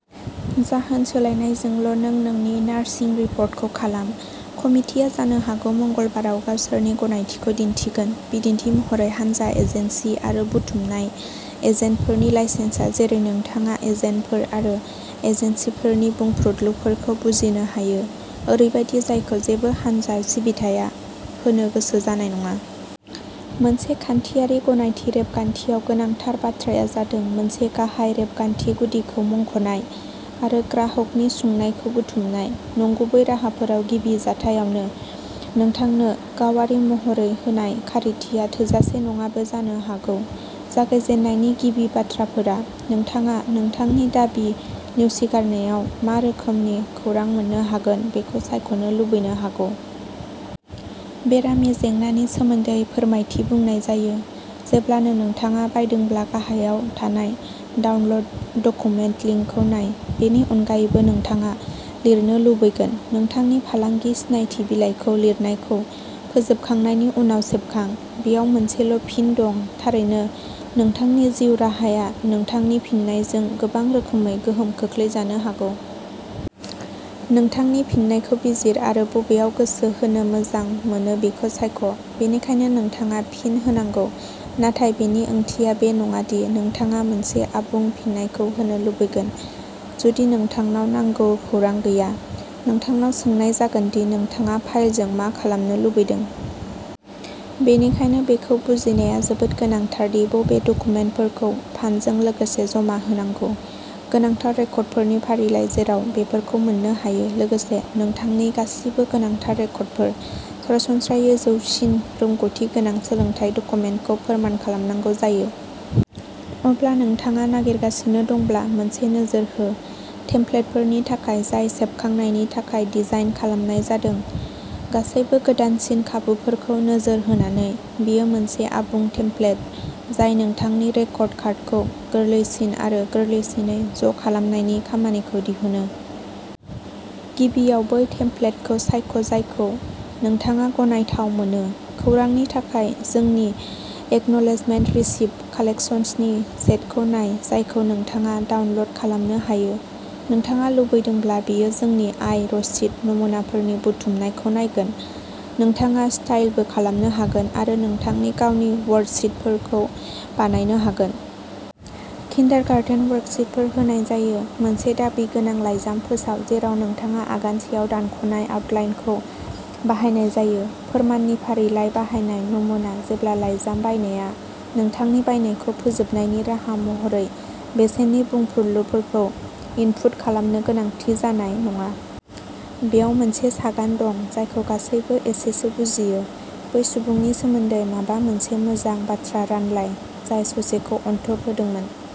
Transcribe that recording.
जाहोन, सोलायनायजोंल' नों नोंनि नार्सिं रिपर्टखौ खालाम। कमिटिआ जानो हागौ मंगलबाराव गावसोरनि गनायथिखौ दिन्थिगोन। बिदिन्थि महरै, हानजा एजेन्सि आरो बुथुमनाय एजेन्टफोरनि लाइसेन्सआ जेरै नोंथाङा एजेन्टफोर आरो एजेन्सिफोरनि बुंफ्रुदलुफोरखौ बुजिनो हायो ओरैबायदि जायखौ जेबो हानजा सिबिथाया होनो गोसो जानाय नङा। मोनसे खान्थियारि गनायथि रेबगान्थियाव, गोनांथार बाथ्राया जादों मोनसे गाहाय रेबगान्थि गुदिखौ मुंख'नाय आरो ग्राहकनि सुंनायखौ बुथुमनाय। नंगुबै राहाफोराव गिबि जाथायावनो नोंथांनो गावारि महरै होनाय खारिथिया थोजासे नङाबो जानो हागौ। जागायजेननायनि गिबि बाथ्राफोरा, नोंथाङा नोंथांनि दाबि नेवसिगारनायाव मा रोखोमनि खौरां मोननो हागोन बेखौ सायख'नो लुबैनो हागौ। बेरामि जेंनानि सोमोन्दै फोरमायथि बुंनाय जायो। जेब्लानो नोंथाङा बायदोंब्ला गाहायाव थानाय डाउनल'ड डकुमेन्ट लिंकखौ नाय। बेनि अनगायैबो नोंथाङा लिरनो लुबैगोन। नोंथांनि फालांगि सिनायथि बिलाइखौ लिरनायखौ फोजोबखांनायनि उनाव सेबखां। बेयाव मोनसेल' फिन दं। थारैनो, नोंथांनि जिउ राहाया नोंथांनि फिननायजों गोबां रोखोमै गोहोम खोख्लैजानो हागौ। नोंथांनि फिननायखौ बिजिर आरो बबेयाव गोसो होनो मोजां मोनो बेखौ सायख'। बेनिखायनो नोंथाङा फिन होनांगौ, नाथाय बेनि ओंथिया बे नङा दि नोंथाङा मोनसे आबुं फिननायखौ होनो लुबैगोन जुदि नोंथांनाव नांगौ खौरां गैया। नोंथांनाव सोंनाय जागोन दि नोंथाङा फाइलजों मा खालामनो लुबैदों। बेनिखायनो, बेखौ बुजिनाया जोबोद गोनांथार दि बबे डकुमेन्टफोरखौ पानजों लोगोसे जमा होनांगौ। गोनांथार रेकर्डफोरनि फारिलाइ जेराव बेफोरखौ मोननो हायो लोगोसे नोंथांनि गासिबो गोनांथार रेकर्डफोर। सरासनस्रायै जौसिन रोंग'थि गोनां सोलोंथाय डकुमेन्टखौ फोरमान खालामनांगौ जायो। अब्ला नोंथाङा नागिरगासिनो दंब्ला मोनसे नोजोर हो। टेम्प्लेटफोरनि थाखाय जाय सेबखांनायनि थाखाय डिजाइन खालामनाय जादों। गासैबो गोदानसिन खाबुफोरखौ नोजोर होनानै बेयो मोनसे आबुं टेमप्लेट जाय नोंथांनि रेकर्ड कार्डखौ गोरलैसिन आरो गोरलैसिनै ज' खालामनायनि खामानिखौ दिहुनो। गिबियाव बै टेमप्लेटखौ सायख' जायखौ नोंथाङा गनायथाव मोनो। खौरांनि थाखाय, जोंनि एकनलेजमेन्ट रिसिप्ट कालेक्शन्सनि सेटखौ नाय जायखौ नोंथाङा डाउनल'ड खालामनो हायो। नोंथाङा लुबैदोंब्ला, बेयो जोंनि आय रसिद नमुनाफोरनि बुथुमनायखौ नायगोन। नोंथाङा स्टाइलबो खालामनो हागोन आरो नोंथांनि गावनि वर्कशिटफोर बानायनो हागोन। किन्डारगार्टेन वर्कशिटफोर होनाय जायो। मोनसे दाबि गोनां लाइजाम फोसाव, जेराव नोंथाङा आगान सेयाव दानख'नाय आउटलाइनखौ बाहायनाय जायो। फोरमाननि फारिलाइ बाहायनाय नमुना जेब्ला लाइजाम बायनाया नोंथांनि बायनायखौ फोजोबनायनि राहा महरै बेसेननि बुंफ्रुदलुफोरखौ इनपुट खालामनो गोनांथि जानाय नङा। बेयाव मोनसे सागान दं, जायखौ गासैबो एसेसो बुजियो। बै सुबुंनि सोमोन्दै माबा मोनसे मोजां बाथ्रा रानलाय, जाय सासेखौ अनथोब होदोंमोन।